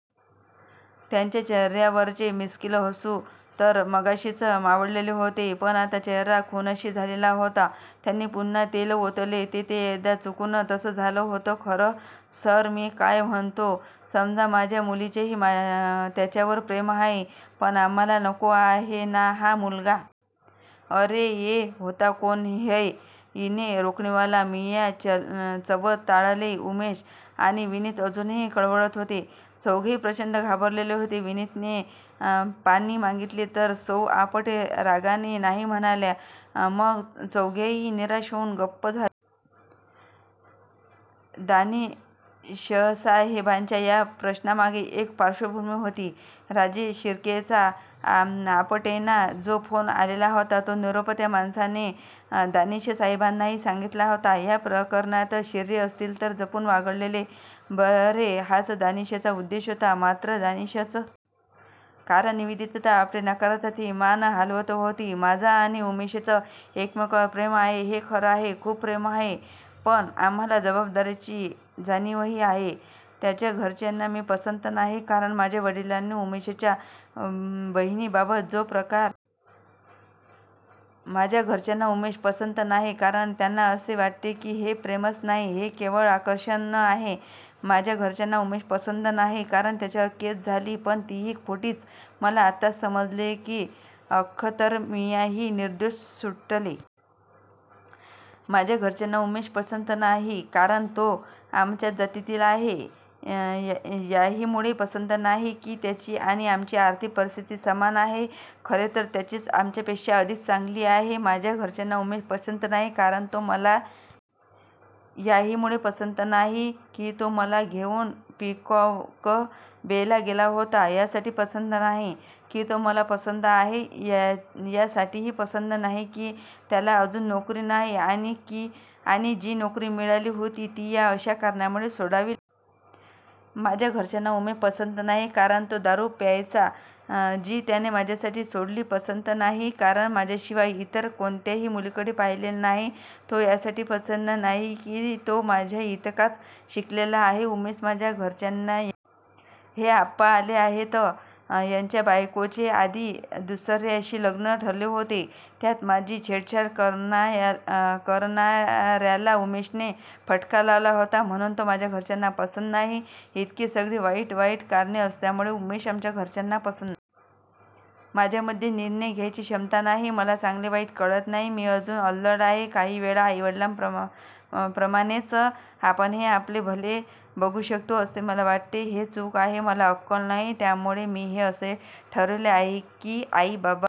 त्यांच्या चेहर्यावरचे मिश्कील हसू तर मगाशीच मावळलेले होते, पण आता चेहरा खुनशी झालेला होता. त्यांनी पुन्हा तेल ओतले. ते ते एकदा चुकून तसं झालं होतं खरं सर मी काय म्हणतो? समजा माझ्या मुलीचेही त्याच्यावर प्रेम आहे, पण आम्हाला नको आहे ना हा मुलगा? अरे ये होता कौन है इन्हे रोकनेवाला? मियाँ चवताळले. उमेश आणि विनीत अजूनही कळवळत होते. चौघेही प्रचंड घाबरलेले होते. विनीतने पाणि मागीतले तर सौ आपटे रागाने नाही म्हणाल्या. मग चौघेही निराश होऊन गप्प झाले. दानिशसाहेबांच्या या प्रश्नामागे एक पार्श्वभूमी होती. राजे शिर्केंचा आपटेंना जो फोन आलेला होता तो निरोप त्या माणसाने दानिशसाहेबांनाही सांगितला होता. या प्रकरणात शिर्के असतील तर जपून वागलेले बरे हाच दानिशचा उद्देश होता. मात्र दानिशच्या त्या प्रश्नावर सगळ्या माना नितुकडे वळल्या आणि सर्वांना तीव्र धक्का बसला. कारण निवेदिता आपटे नकारार्थी मान हालवत होती. माझं आणि उमेशचं एकमेकांवर प्रेम आहे हे खरं आहे. खूप प्रेम आहे. पण आम्हाला जबाबदारीची जाणीवही आहे. त्याच्या घरच्यांना मी पसंत नाही. कारण माझ्या वडिलांनी उमेशच्या बहिणीबाबत जो प्रकार करायचा प्रयत्न केला त्याचा त्यांना खूप राग आलेला आहे. माझ्या घरच्यांना उमेश पसंत नाही. कारण त्यांना असे वाटते की हे प्रेमच नाही. हे केवळ आकर्षण आहे. माझ्या घरच्यांना उमेश पसंत नाही कारण त्याच्यावर केस झाली. पण तीही खोटीच. मला आत्ताच समजले की अख्तरमियाँही निर्दोष सुटले. माझ्या घरच्यांना उमेश पसंत नाही कारण तो आमच्याच जातीतला आहे. याहीमुळे पसंत नाही की त्याची आणि आमची आर्थिक परिस्थिती समान आहे. खरे तर त्याचीच आमच्यापेक्षा अधिक चांगली आहे. माझ्या घरच्यांना उमेश पसंत नाही कारण तो मला घेऊन कुणालाही न सांगता सिंहगडला गेला होता. याहीमुळे पसंत नाही की तो मला घेऊन पिकॉकबेला गेला होता. यासाठी पसंत नाही की तो मला पसंत आहे.. यासाठीही पसंत नाही की त्याला अजून नोकरी नाही आणि जी नोकरी मिळाली होती ती या अशा कारणामुळे सोडावी लागली. माझ्या घरच्यांना उमेश पसंत नाही कारण तो दारू प्यायचा जी त्याने माझ्यासाठी सोडली. पसंत नाही कारण माझ्याशिवाय इतर कोणत्याही मुलीकडे पाहिलेले नाही. तो यासाठी पसंत नाही की तो माझ्याइतकाच शिकलेला आहे. उमेश माझ्या घरच्यांना यासाठी पसंत नाही की आमची बदली झाली तरी तो तिथे येऊन असे प्रकार करतो आणि त्याला ते प्रेम वाटते. हे आप्पा आले आहेत यांच्या बायकोचे आधी दुसर्याशीच लग्न ठरले होते. त्यात माझी छेडछाड करणार्याला उमेशने फटका लावला होता म्हणून तो माझ्या घरच्यांना पसंत नाही. इतकी सगळी वाईट वाईट कारणे असल्यामुळे उमेश आमच्या घरच्यांना पसंत नाही. माझ्यामधे निर्णय घ्यायची क्षमता नाही. मला चांगले वाईट कळत नाही. मी अजून अल्लड आहे. काही वेळा आई वडिलांप्रमाणेच आपणही आपले भले बघू शकतो असे मला वाटते जे चूक आहे. मला अक्कल नाही. त्यामुळे मी असे ठरवले आहे की आई बाबा जसे सांगतील तसेच करायचे. मी उमेशशी लग्न करू शकणार नाही.